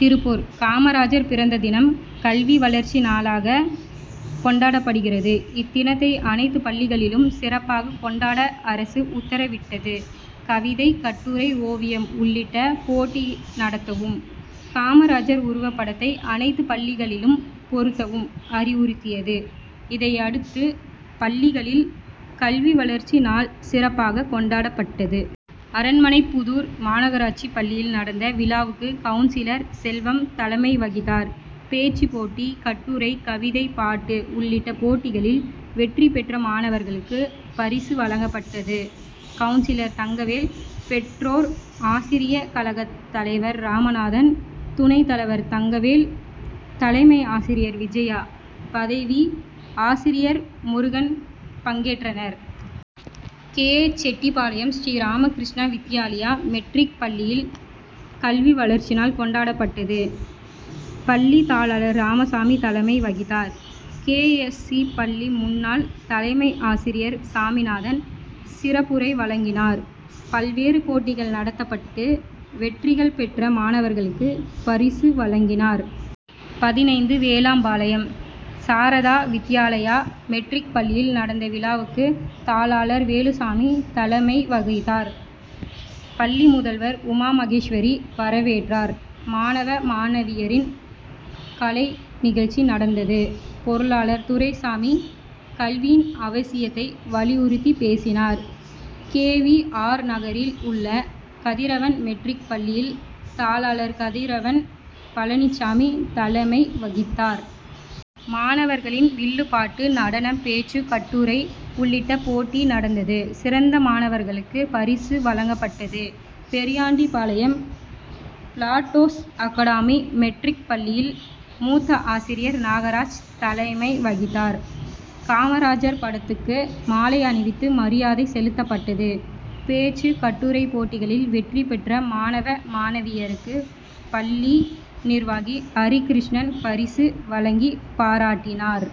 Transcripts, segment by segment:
திருப்பூர் காமராஜர் பிறந்த தினம், கல்வி வளர்ச்சி நாளாக கொண்டாடப்படுகிறது. இத்தினத்தை அனைத்து பள்ளிகளிலும் சிறப்பாக கொண்டாட அரசு உத்தரவிட்டது. கவிதை, கட்டுரை, ஓவியம் உள்ளிட்ட போட்டி நடத்தவும்; காமராஜர் உருவப்படத்தை அனைத்து பள்ளிகளிலும் பொருத்தவும் அறிவுறுத்தியது. இதையடுத்து, பள்ளிகளில் கல்வி வளர்ச்சி நாள் சிறப்பாக கொண்டாடப்பட்டது. அரண்மனைப்புதூர் மாநகராட்சி பள்ளியில் நடந்த விழாவுக்கு கவுன்சிலர் செல்வம் தலைமை வகித்தார். பேச்சு போட்டி, கட்டுரை, கவிதை, பாட்டு உள்ளிட்ட போட்டிகளில் வெற்றி பெற்ற மாணவர்களுக்கு பரிசு வழங்கப்பட்டது. கவுன்சிலர் தங்கவேல், பெற்றோர் ஆசிரிய கழக தலைவர் ராமநாதன், துணை தலைவர் தங்கவேல், தலைமை ஆசிரியர் விஜயா, உதவி ஆசிரியர் முருகன் பங்கேற்றனர். கே. செட்டிபாளையம், ஸ்ரீராமகிருஷ்ணா வித்யாலயா மெட்ரிக் பள்ளியில் கல்வி வளர்ச்சி நாள் கொண்டாடப்பட்டது. பள்ளி தாளாளர் ராமசாமி தலைமை வகித்தார். கே. எஸ். சி., பள்ளி முன்னாள் தலைமை ஆசிரியர் சாமிநாதன் சிறப்புரை வழங்கினார். பல்வேறு போட்டிகள் நடத்தப்பட்டு, வெற்றி பெற்ற மாணவர்களுக்கு பரிசு வழங்கினர். பதினைந்து வேலம்பாளையம், சாரதா வித்யாலயா மெட்ரிக் பள்ளியில் நடந்த விழாவுக்கு, தாளாளர் வேலுசாமி தலைமை வகித்தார். பள்ளி முதல்வர் உமா மகேஸ்வரி வரவேற்றார். மாணவ, மாணவியரின் கலை நிகழ்ச்சி நடந்தது. பொருளாளர் துரைசாமி, கல்வியின் அவசியத்தை வலியுறுத்தி பேசினார். கே. வி. ஆர்., நகரில் உள்ள கதிரவன் மெட்ரிக் பள்ளியில் தாளாளர் கதிரவன் பழனிசாமி தலமை வகித்தார். மாணவர்களின் வில்லு பாட்டு, நடனம், பேச்சு, கட்டுரை உள்ளிட்ட போட்டி நடந்தது. சிறந்த மாணவர்களுக்கு பரிசு வழங்கப்பட்டது. பெரியாண்டிபாளையம் பிளாட்டோஸ் அகாடமி மெட்ரிக் பள்ளியில், மூத்த ஆசிரியர் நாகராஜ் தலைமை வகித்தார். காமராஜர் படத்துக்கு மாலை அணிவித்து மரியாதை செலுத்தப்பட்டது. பேச்சு, கட்டுரை போட்டிகளில் வெற்றி பெற்ற மாணவ, மாணவியருக்கு பள்ளி நிர்வாகி ஹரிகிருஷ்ணன் பரிசு வழங்கி பாராட்டினார்.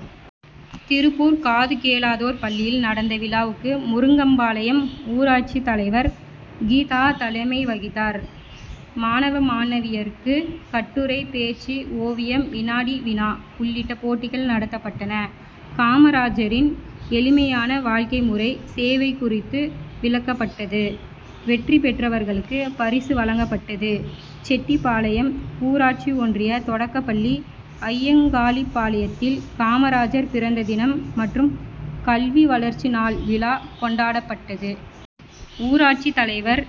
திருப்பூர் காதுகேளாதோர் பள்ளியில் நடந்த விழாவுக்கு, முருங்கம்பாளையம் ஊராட்சி தலைவர் கீதா தலைமை வகித்தார். மாணவ, மாணவியருக்கு கட்டுரை, பேச்சு, ஓவியம், வினாடி-வினா உள்ளிட்ட போட்டிகள் நடத்தப்பட்டன. காமராஜரின் எளிமையான வாழ்க்கை முறை, சேவை குறித்து விளக்கப்பட்டது. வெற்றி பெற்றவர்களுக்கு பரிசு வழங்கப்பட்டது. செட்டிபாளையம் ஊராட்சி ஒன்றிய தொடக்கப்பள்ளி அய்யங்காளிபாளையத்தில் காமராஜர் பிறந்த தினம் மற்றும் கல்வி வளர்ச்சி நாள் விழா கொண்டாடப்பட்டது. ஊராட்சி தலைவர்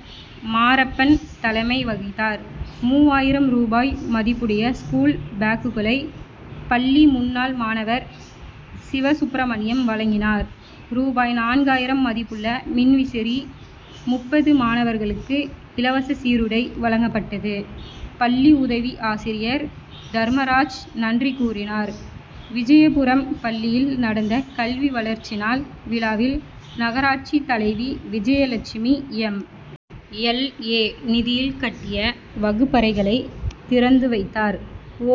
மாரப்பன் தலைமை வகித்தார். மூவாயிரம் ரூபாய் மதிப்புடைய ஸ்கூல் பேக்குகளை பள்ளி முன்னாள் மாணவர் சிவசுப்ரமணியம் வழங்கினார். ரூபாய் நான்காயிரம் மதிப்புள்ள மின்விசிறி, முப்பது மாணவர்களுக்கு இலவச சீருடை வழங்கப்பட்டது. பள்ளி உதவி ஆசிரியர் தர்மராஜ் நன்றி கூறினர். விஜயாபுரம் பள்ளியில் நடந்த கல்வி வளர்ச்சி நாள் விழாவில், நகராட்சி தலைவி விஜயலட்சுமி, எம். எல். ஏ., நிதியில் கட்டிய வகுப்பறைகளை திறந்து வைத்தார்.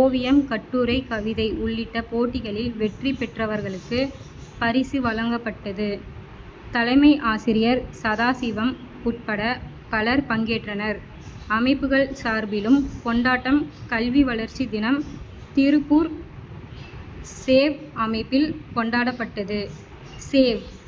ஒவியம், கட்டுரை, கவிதை உள்ளிட்ட போட்டிகளில் வெற்றி பெற்றவர்களுக்கு பரிசு வழங்கப்பட்டது. தலைமையாசிரியர் சதாசிவம் உட்பட பலர் பங்கேற்றனர். அமைப்புகள் சார்பிலும் கொண்டாட்டம் கல்வி வளர்ச்சி தினம், திருப்பூர் சேவ் அமைப்பில் கொண்டாடப்பட்டது. சேவ்